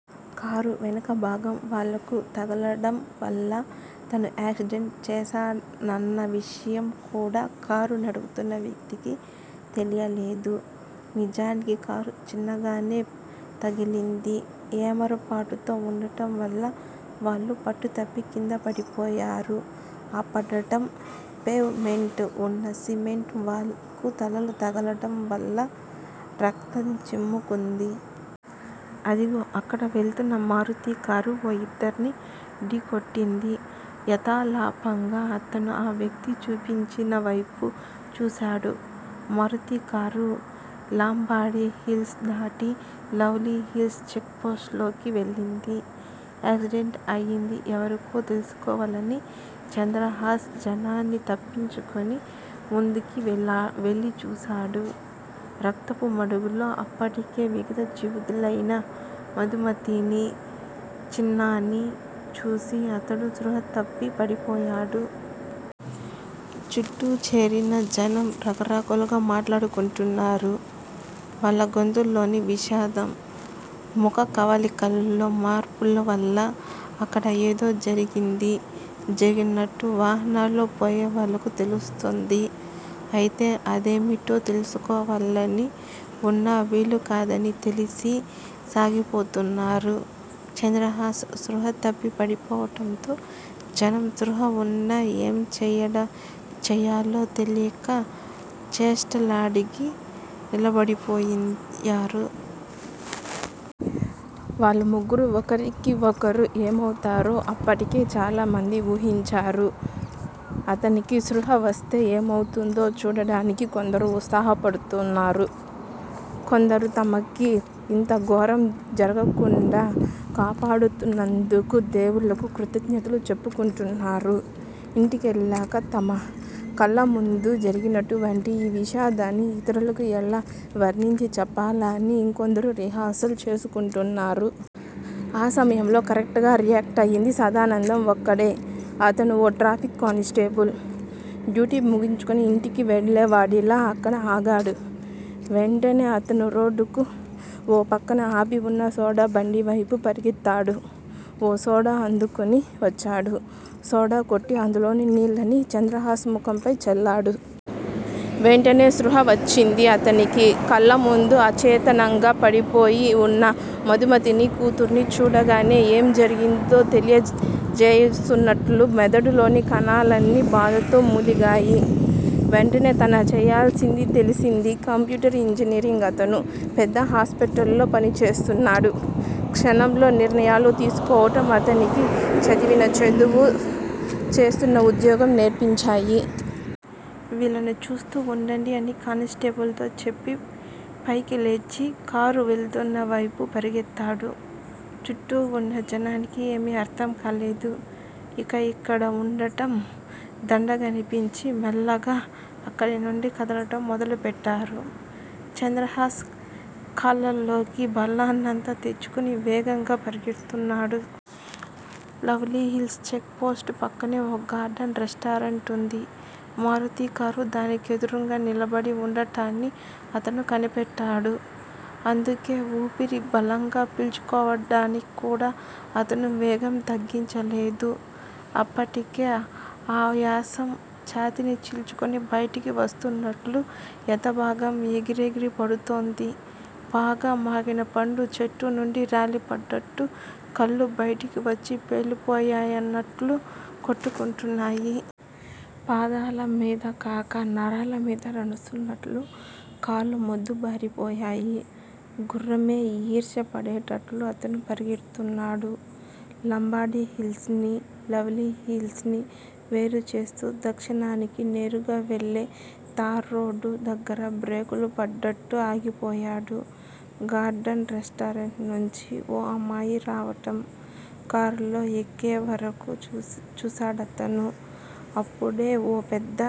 Car వెనుకభాగం వాళ్ళకు తగలడం వల్ల తను యాక్సిడెంట్ చేశానన్న విషయం కూడా కారు నడుపుతున్న వ్యక్తికి తెలియలేదు. నిజానికి కారు చిన్నగానే తగిలింది. ఏమరుపాటుతో వుండడంవల్ల వాళ్ళు పట్టుతప్పి కిందపడిపోయారు. ఆ పడడం పేవ్ మెంట్ వున్న సిమెంట్ వాల్ కు తలలు తగలడంవల్ల రక్తం చిమ్ముకొంది. అదిగో- అక్కడ వెళుతున్న మారుతీకారు ఓ ఇద్దర్ని ఢీకొట్టింది యథాలాపంగా అతను ఆ వ్యక్తి చూపించినవైపు చూశాడు. మారుతీకారు లంబాడీ హిల్స్ దాటి లవ్లీ హిల్స్ చెక్ పోస్ట్ లోకి వేళ్ళింది. యాక్సిడెంట్ అయింది ఎవరికో తెలుసుకోవాలని చంద్రహాస్ జనాన్ని తప్పించుకుని ముందుకు వేళ్ళి చూశాడు. రక్తపు మడుగులో అప్పటికే విగతజీవులయిన మధుమతిని, చిన్నాని చూసి అతను స్పృహ తప్పి పడిపోయాడు. చుట్టూ చేరిన జనం రకరకాలుగా మాట్లాడుకుంటున్నారు. వాళ్ళ గొంతుల్లోని విషాదం, ముఖకవళికల్లో మార్పులవల్ల అక్కడ ఏదో జరగింది జరిగినట్టు వాహనాల్లో పోయేవాళ్ళకు తెలుస్తోంది. అయితే అదేమిటో తెలుసుకోవాలని వున్నా వీలుకాదని తెలిసి సాగిపోతున్నారు. చంద్రహాస్ స్పృహ తప్పి పడిపోవడంతో జనం స్పృహ వున్నా ఏం చేయాలో తెలియక చేష్టలడిగి నిలబడిపోయారు. వాళ్ళు ముగ్గురూ ఒకరికి ఒకరు ఏమవుతారో అప్పటికే చాలామంది ఊహించారు. అతనికి స్పృహ వస్తే ఏమవుతుందో చూడడానికి కొందరు ఉత్సాహపడుతున్నారు. కొందరు తమకి ఇంత ఘోరం జరగకుండా కాపాడుతున్నందుకు దేవుళ్ళకు కృతజ్ఞతలు చెప్పుకుంటున్నారు. ఇంటికెళ్ళాక తమ కళ్ళముందు జరిగినటువంటి ఈ విషాదాన్ని ఇతరులకు ఎలా వర్ణించి చెప్పాలా అని ఇంకొందరు రిహార్సల్స్ చేసుకుంటున్నారు. ఆ సమయంలో కరెక్టుగా రియాక్ట్ అయ్యింది సదానందం ఒక్కడే. అతను ఓ ట్రాఫిక్ కానిస్టేబుల్. డ్యూటీ ముగించుకుని ఇంటికి వెళ్లెవాడల్లా అక్కడ ఆగాడు. వెంటనే అతను రోడ్డుకు ఓ పక్కన ఆపి వున్న సోడా బండివైపు పరుగెత్తాడు. ఓ సోడా అందుకుని వచ్చాడు. సోడా కొట్టి, అందులోని నీళ్ళని చంద్రహాస్ ముఖంపై చల్లాడు. వెంటనే స్పృహ వచ్చింది అతనికి. కళ్ళముందు అచేతనంగా పడిపోయి వున్న మధుమతినీ, కూతుర్నీ చూడగానే ఏం జరిగిందో తెలియజేస్తున్నట్లు మెదడులోని కణాలన్నీ బాధతో మూలిగాయి. వెంటనే తన చేయాల్సింది తెలిసింది. కంప్యూటర్ ఇంజనీర్ అతను. పెద్ద హాస్పిటల్ లో పనిచేస్తున్నాడు. క్షణంలో నిర్ణయాలు తీసుకోవడం అతనికి చదివిన చదువు, చేస్తున్న ఉద్యోగం నేర్పించాయి. వీళ్ళని చూస్తూ వుండండి అని కానిస్టేబుల్ తో చెప్పి, పైకి లేచి కారు వెళ్తున్న వైపు పరుగెత్తాడు. చుట్టూ వున్న జనానికి ఏమీ అర్థం కాలేదు. ఇక అక్కడ వుండడం దండగనిపించి మెల్లగా అక్కడినుండి కదలడం మొదలుపెట్టారు. చంద్రహాస్ కాళ్ళల్లోకి బలాన్నంతా తెచ్చుకుని వేగంగా పరిగెడుతున్నాడు. లవ్లీ హిల్స్ చెక్ పోస్టు పక్కనే ఓ గార్డెన్ రెస్టారెంటుంది. మారుతీ కారు దానికెదురుంగా నిలబడి వుండడాన్ని అతను కనిపెట్టాడు. అందుకే ఊపిరి బలంగా పీల్చుకోవడాని క్కూడా అతను వేగం తగ్గించలేదు. అప్పటికే ఆయాసం ఛాతీని చీల్చుకుని బయటికి వస్తున్నట్టు ఎదభాగం ఎగిరెగిరి పడుతోంది. బాగా మాగిన పండు చెట్టునుంచి రాలిపడ్డట్టు కళ్ళు బయటికి వచ్చి పేలిపోయయన్నట్టు కొట్టుకుంటున్నాయి. పాదాలమీద కాక నరాలమీద నడుస్తున్నట్లు కాళ్ళు మొద్దుబారిపోయాయి. గుర్రమే ఈర్ష్య పడేటట్టు అతను పరిగెడుతున్నాడు. లంబాడీ హిల్స్ ని, లవ్లీ హిల్స్ ని వేరుచేస్తూ దక్షిణానికి నేరుగా వెళ్ళే తార్రోడు దగ్గర బ్రేకులు పడ్డట్టు ఆగిపోయాడు, గార్డెన్ రెస్టారెంట్ నుంచి ఓ అమ్మాయి రావడం, కారులో ఎక్కేవరకు చూశాడతను. అప్పుడే ఓ పెద్ద